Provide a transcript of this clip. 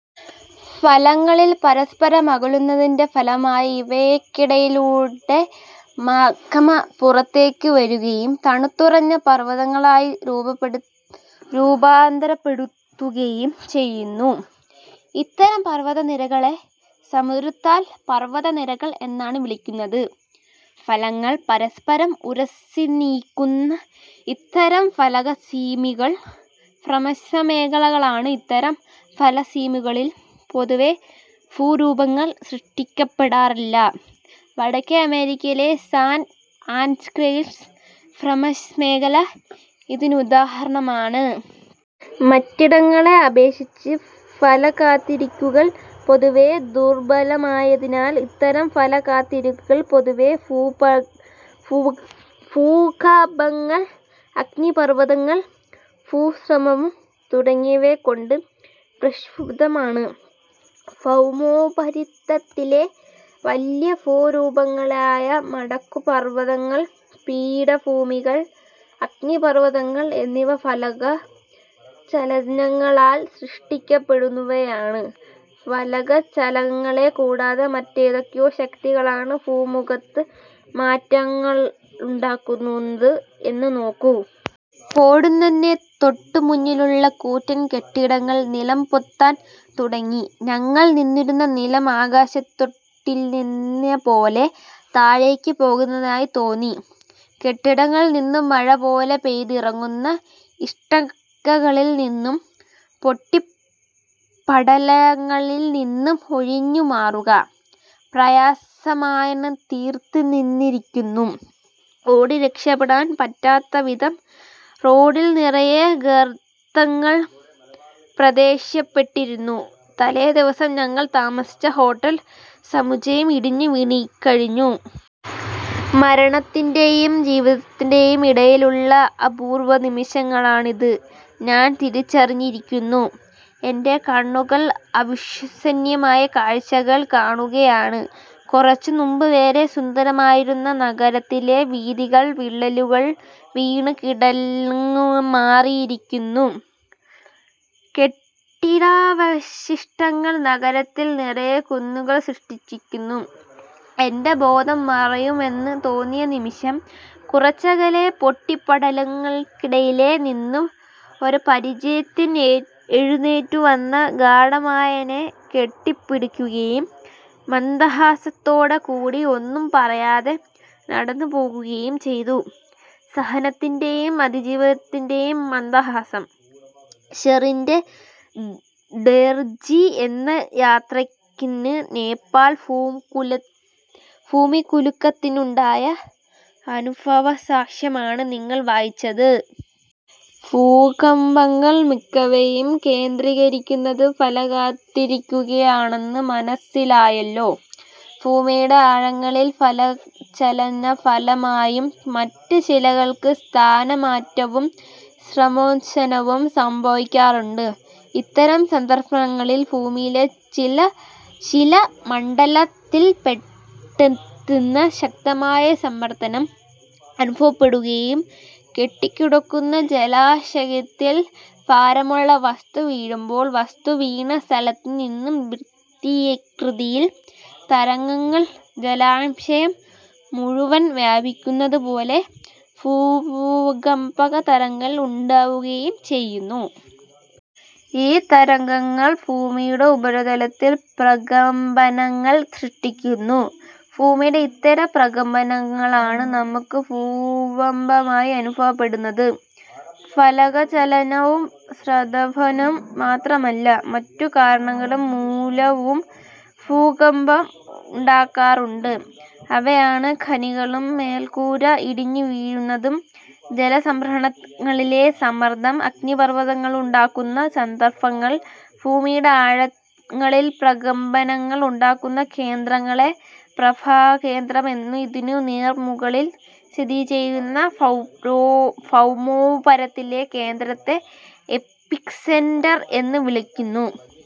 ഫലങ്ങളിൽ പരസ്പരം അകലുന്നതിന്റെ ഫലമായി ഇവയ്ക്കിടയിലൂടെ മാഗ്മ പുറത്തേക്കു വരുകയും തണുത്തുറഞ്ഞ് പർവതങ്ങളായി രൂപാന്തരപ്പെടുത്തുകയും ചെയ്യുന്നു. ഇത്തരം പർവതനിരകളെ സമുദ്രാന്തർ പർവത നിരകൾ എന്നാണ് വിളിക്കുന്നത്. ഫലങ്ങൾ പരസ്പരം ഉരസിനീക്കുന്ന ഇത്തരം ഫലക സീമികൾ ഭ്രമശമേഖലകളാണ്. ഇത്തരം ഫലകസീമികളിൽ പൊതുവെ ഭൂരൂപങ്ങൾ സൃഷ്ടിക്കപ്പെടാറില്ല. വടക്കേ അമേരിക്കയിലെ സാൻ ആൻഡ്രിയാസ് ഭ്രമശമേഖല ഇതിനുദാഹരണമാണ്. മറ്റിടങ്ങളെ അപേക്ഷിച്ച് ഫലകാതിരുകൾ പൊതുവെ ദുർബലമായതിനാൽ ഇത്തരം ഫലകാതിരുകൾ പൊതുവെ ഫുകമ്പങ്ങൾ, അഗ്നി പർവതങ്ങൾ, ഫുശ്രമം തുടങ്ങിയവകൊണ്ട് പ്രക്ഷുബ്ധമാണ്. ഭൗമോപരിതലത്തിലെ വലിയ ഭൂരൂപങ്ങളായ മടക്കുപർവതങ്ങൾ, പീഠഭൂമികൾ, അഗ്നിപർവതങ്ങൾ എന്നിവ ഫലക ചലനങ്ങളാൽ സൃഷ്ടിക്കപ്പെടുന്നവയാണ്. ഫലകചലനങ്ങളെ കൂടാതെ മറ്റേതൊക്കെ ശക്തികളാണ് ഭൂമുഖത്ത് മാറ്റങ്ങളുണ്ടാക്കു ന്നത് എന്നു നോക്കൂ. പോടുന്നനെ തൊട്ടുമുന്നിലുള്ള കൂറ്റൻ കെട്ടിടങ്ങൾ നിലംപൊത്താൻ തുട ങ്ങി. ഞങ്ങൾ നിന്നിരുന്ന നിലം ആകാശത്തൊട്ടിലിലെന്നപോലെ താഴേക്കു പോകുന്നതായി തോന്നി. കെട്ടിടങ്ങളിൽനിന്നു മഴപോലെ പെയ്തിറങ്ങുന്ന ഇഷ്ടകകളിൽനിന്നും പൊട്ടിപടലങ്ങളിൽനിന്നും ഒഴിഞ്ഞുമാറുക പ്രയാസമായിത്തീർത്ത് നിന്നിരിക്കുന്നു. ഓടി രക്ഷപ്പെടാൻ പറ്റാത്തവിധം റോഡിൽ നിറയെ ഗർത്തങ്ങൾ പ്രത്യേക്ഷപ്പെട്ടിരിക്കുന്നു. തലേദിവസം ഞങ്ങൾ താമസിച്ച ഹോട്ടൽ സമുച്ചയം ഇടിഞ്ഞു വീണുകഴിഞ്ഞു. മരണത്തിന്റെയും ജീവിതത്തിന്റെയും ഇടയിലുള്ള അപൂർവനിമിഷങ്ങളാണിത് ഞാൻ തിരിച്ചറിഞ്ഞിരിക്കുന്നു. എന്റെ കണ്ണുകൾ അവിശ്വസനീയമായ കാഴ്ചകൾ കാണുകയാണ്. കുറച്ചു മുമ്പു വരെ സുന്ദരമായിരുന്ന നഗരത്തിലെ വീഥികൾ വിള്ളലുകൾ വീണ് കിടങ്ങു മാറിയിരിക്കുന്നു. കെട്ടിടാവശിഷ്ടങ്ങൾ നഗരത്തിൽ നിറയെ കുന്നുകൾ സൃഷ്ടിച്ചിട്ടുണ്ട്. എന്റെ ബോധം മറയുമെന്ന് തോന്നിയ നിമിഷം, കുറച്ചകലെ പൊട്ടിപടലങ്ങൾക്കിടയിലെ നിന്നും ഒരപരിചിതി എഴുന്നേറ്റു വന്ന് ഗാഢമായെന്നെ കെട്ടിപ്പിടിക്കുകയും മന്ദഹാസത്തോടുകൂടി ഒന്നും പറയാതെ നടന്നുപോവുകയും ചെയ്തു; സഹനത്തിന്റെയും അതിജീവനത്തിന്റെയും മന്ദഹാസം, ഷെറിന്റെ ഡേർജി എന്ന യാത്രികന് നേപ്പാൾ ഭൂമികുലുക്കത്തിലുണ്ടായ അനുഭവസാക്ഷ്യമാണ് നിങ്ങൾ വായിച്ചത്. ഭൂകമ്പങ്ങൾ മിക്കവയും കേന്ദ്രീകരിക്കുന്നത് ഫലകാതിരുകളിലാണെന്ന് മന സ്സിലായില്ലോ? ഭൂമിയുടെ ആഴങ്ങളിൽ ഫലചലനഫലമായും മറ്റും ശിലകൾക്ക് സ്ഥാനമാറ്റവും ശമോശനവും സംഭവിക്കാറുണ്ട്. ഇത്തരം സന്ദർഭങ്ങളിൽ ഭൂമിയുടെ ശില മണ്ഡലത്തിൽ പെട്ടെന്ന് ശക്തമായ സമ്മർദനം അനുഭവപ്പെടുകയും കെട്ടിക്കിടക്കുന്ന ജലാശയത്തിൽ ഭാരമുള്ള വസ്തു വീഴുമ്പോൾ വസ്തു വീണ സ്ഥലത്തുനിന്നു വൃത്തകൃതിയിൽ തരംഗങ്ങൾ ജലാശയം മുഴുവൻ വ്യാപിക്കുന്നതുപോലെ ഭൂകമ്പ കതരംഗങ്ങൾ ഉണ്ടാവുകയും ചെയ്യുന്നു. ഈ തരംഗങ്ങൾ ഭൂമിയുടെ ഉപരിതലത്തിൽ പ്രകമ്പനങ്ങൾ സൃഷ്ടിക്കുന്നു. ഭൂമിയുടെ ഇത്തരം പ്രകമ്പനങ്ങളാണ് നമുക്ക് ഭൂകമ്പമായി അനുഭവപ്പെടുന്നത്. ഫലകചലനവും ശദവനവും മാത്രമല്ല, മറ്റു കാരണങ്ങൾ മൂലവും ഭൂകമ്പങ്ങ ളുണ്ടാകാറുണ്ട്. അവയാണ്, ഖനികളും മേൽക്കൂര ഇടിഞ്ഞുവീഴുന്നതും. ജലസംഭരണികളിലെ സമ്മർദം. അഗ്നിപർവതങ്ങളുണ്ടാകുന്ന സന്ദർഭങ്ങൾ. ഭൂമിയുടെ ആഴങ്ങളിൽ പ്രകമ്പനങ്ങൾ ഉണ്ടാകുന്ന കേന്ദ്രങ്ങളെ പ്രഭവകേന്ദ്രം എന്നും ഇതിനു നേർമുകളിൽ സ്ഥിതിചെയ്യുന്ന ഭൗമോപരത്തിലെ കേന്ദ്രത്തെ എപ്പിസെന്റർ എന്നും വിളിക്കുന്നു.